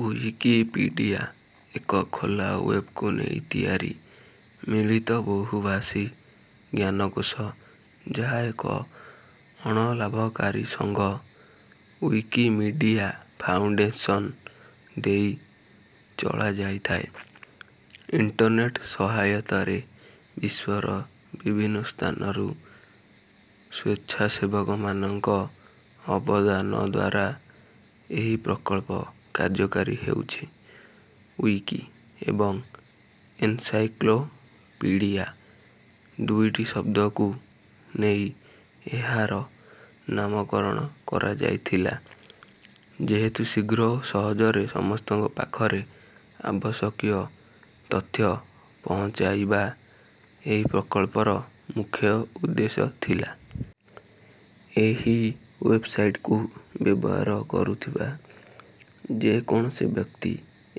Wikipedia ଏକ ଖୋଲା ୱେବକୁ ନେଇ ତିଆରି ମିଳିତ ବହୁଭାଷୀ ଜ୍ଞାନକୋଷ ଯାହା ଏକ ଅଣଲାଭକାରୀ ସଙ୍ଘ ଉଇକିମିଡ଼ିଆ ଫାଉଣ୍ଡେସନ ଦେଇ ଚଳାଯାଇଥାଏ। ଇଣ୍ଟର୍ନେଟ ସହାୟତାରେ ବିଶ୍ୱର ବିଭିନ୍ନ ସ୍ଥାନରୁ ସ୍ୱେଚ୍ଛାସେବକ ମାନଙ୍କ ଅବଦାନଦ୍ୱାରା ଏହି ପ୍ରକଳ୍ପ କାର୍ଯ୍ୟକାରୀ ହେଉଛି ଉଇକି ଏବଂ ଏନସାଇକ୍ଳୋପିଡ଼ିଆ ଦୁଇଟି ଶବ୍ଦକୂ ନେଇ ଏହାର ନାମକରଣ କରାଯାଇଥିଲା ଯେହେତୁ ଶୀଘ୍ର ଓ ସହଜରେ ସମସ୍ତଙ୍କ ପାଖରେ ଆବଶ୍ୟକୀୟ ତଥ୍ୟ ପହଞ୍ଚାଇବା ଏହି ପ୍ରକଳ୍ପର ମୁଖ୍ୟ ଉଦ୍ଦେଶ୍ୟ ଥିଲା। ଏହି ୱେବସାଇଟକୁ ବ୍ୟବହାର କରୁଥିବା ଯେକୌଣସି ବ୍ୟକ୍ତି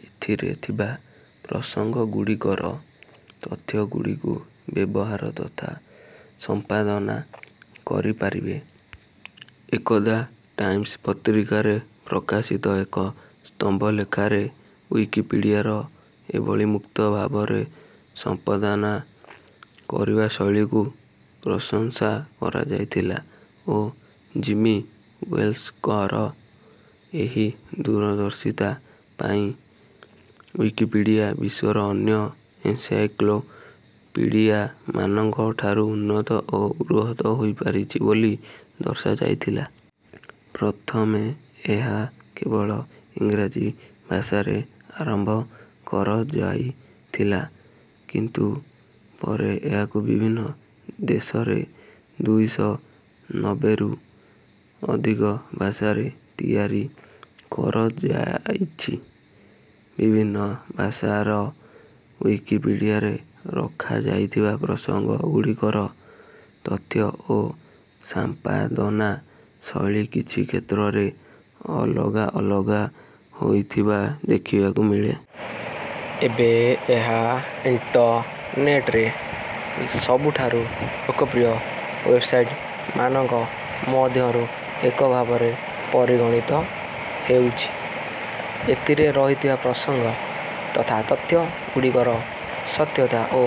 ଏଥିରେ ଥିବା ପ୍ରସଙ୍ଗ ଗୁଡ଼ିକର ତଥ୍ୟ ଗୁଡ଼ିକୁ ବ୍ୟବହାର ତଥା ସମ୍ପାଦନା କରିପାରିବେ। ଏକଦା ଟାଇମ୍ସ ପତ୍ରିକାରେ ପ୍ରକାଶିତ ଏକ ସ୍ତମ୍ଭଲେଖରେ ଉଇକିପିଡ଼ିଆର ଏଭଳି ମୁକ୍ତ ଭାବରେ ସମ୍ପାଦନା କରିବା ଶୈଳୀ କୁ ପ୍ରଶଂସା କରାଯାଇଥିଲା ଓ ଜିମି ୱେଲ୍ସଙ୍କର ଏହି ଦୂରଦର୍ଶିତା ପାଇଁ ଉଇକିପିଡ଼ିଆ ବିଶ୍ୱର ଅନ୍ୟ ଏନସାଇକ୍ଳୋପିଡ଼ିଆ ମାନଙ୍କ ଠାରୁ ଉନ୍ନତ ଓ ବୃହତ ହୋଇପାରିଛି ବୋଲି ଦର୍ଶା ଯାଇଥିଲା। ପ୍ରଥମେ ଏହା କେବଳ ଇଂରାଜୀ ଭାଷାରେ ଆରମ୍ଭ କରଯାଇଥିଲା। କିନ୍ତୁ ପରେ ଏହାକୁ ବିଭିନ୍ନ ଦେଶରେ ଦୁଇଶହ ନବେରୁ ଅଧିକ ଭାଷାରେ ତିଆରି କରଯାଇଛି। ବିଭିନ୍ନ ଭାଷାର ଉଇକିପିଡ଼ିଆରେ ରଖାଯାଇଥିବା ପ୍ରସଙ୍ଗ ଗୁଡ଼ିକର ତଥ୍ୟ ଓ ସାମ୍ପାଦନା ଶୈଳୀ କିଛି କ୍ଷେତ୍ରରେ ଅଲଗା ଅଲଗା ହୋଇଥିବା ଦେଖିବାକୁ ମିଳେ। ଏବେ ଏହା ଇଣ୍ଟର୍ନେଟରେ ସବୁଠାରୁ ଲୋକପ୍ରିୟ ୱେବସାଇଟ ମାନଙ୍କ ମଧ୍ୟରୁ ଏକ ଭାବରେ ପରିଗଣିତ ହେଉଛି। ଏଥିରେ ରହିଥିବା ପ୍ରସଙ୍ଗ ତଥା ତଥ୍ୟ ଗୁଡ଼ିକର ସତ୍ୟତା ଓ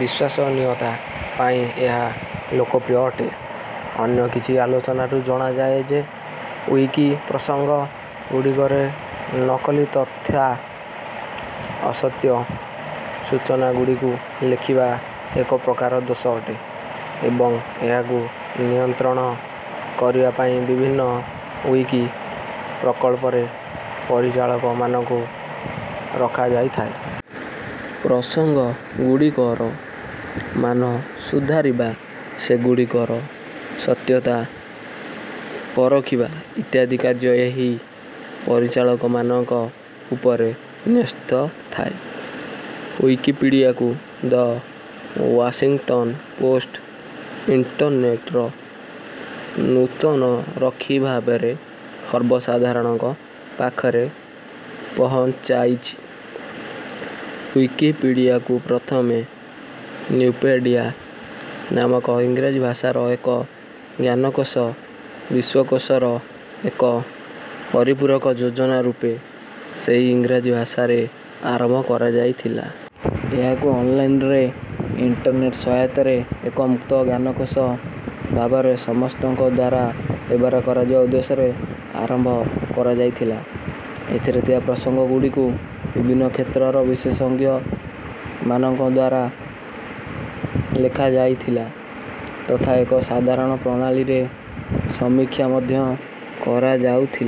ବିଶ୍ୱାସନୀୟତା ପାଇଁ ଏହା ଲୋକପ୍ରିୟ ଅଟେ। ଅନ୍ୟ କିଛି ଆଲୋଚନାରୁ ଜଣାଯାଏ ଯେ ଉଇକି ପ୍ରସଙ୍ଗ ଗୁଡ଼ିକରେ ନକଲି ତଥା ଅସତ୍ୟ ସୂଚନା ଗୁଡ଼ିକୁ ଲେଖିବା ଏକ ପ୍ରକାର ଦୋଷ ଅଟେ ଏବଂ ଏହାକୁ ନିୟନ୍ତ୍ରଣ କରିବା ପାଇଁ ବିଭିନ୍ନ ଉଇକି ପ୍ରକଳ୍ପରେ ପରିଚାଳକ ମାନଙ୍କୁ ରଖାଯାଇଥାଏ। ପ୍ରସଙ୍ଗ ଗୁଡ଼ିକର ମାନ ସୁଧାରିବା ସେଗୁଡ଼ିକର ସତ୍ୟତା ପରଖିବା ଇତ୍ୟାଦି କାର୍ଯ୍ୟ ଏହି ପରିଚାଳକ ମାନଙ୍କ ଉପରେ ନ୍ୟସ୍ତ ଥାଏ। ଉଇକିପିଡ଼ିଆକୁ ଦ ୱାସିଙ୍ଗଟନ ପୋଷ୍ଟ ଇଣ୍ଟର୍ନେଟର ନୂତନ ରକ୍ଷୀ ଭାବରେ ସର୍ବସାଧାରଣଙ୍କ ପାଖରେ ପହଞ୍ଚାଇଛି। ଉଇକିପିଡ଼ିଆକୁପ୍ରଥମେ ନ୍ୟୁପେଡ଼ିଆ ନାମକ ଇଂରାଜୀ ଭାଷାର ଏକ ଜ୍ଞାନକୋଷ ବିଶ୍ୱକେଷର ଏକ ପରିପୂରକ ଯୋଜନା ରୂପେ ସେହି ଇଂରାଜୀ ଭାଷାରେ ଆରମ୍ଭ କରାଯାଇଥିଲା। ଏହାକୁ ଅନଲାଇନରେ ଇଣ୍ଟର୍ନେଟ ସହାୟତାରେ ଏକ ମୁକ୍ତ ଜ୍ଞାନକୋଷ ଭାବରେ ସମସ୍ତଙ୍କଦ୍ୱାରା ବ୍ୟବହାର କରାଯିବା ଉଦ୍ଦେଶ୍ୟରେ ଆରମ୍ଭ କରଯାଇଥିଲା। ଏଥିରେ ଥିବା ପ୍ରସଙ୍ଗ ଗୁଡ଼ିକୁ ବିଭିନ୍ନ କ୍ଷେତ୍ରର ବିଶେଷଜ୍ଞ ମାନଙ୍କଦ୍ୱାରା ଲେଖା ଯାଇଥିଲା ତଥା ଏକ ସାଧାରଣ ପ୍ରଣାଳୀରେ ସମୀକ୍ଷା ମଧ୍ୟ କରଯାଉଥିଲା।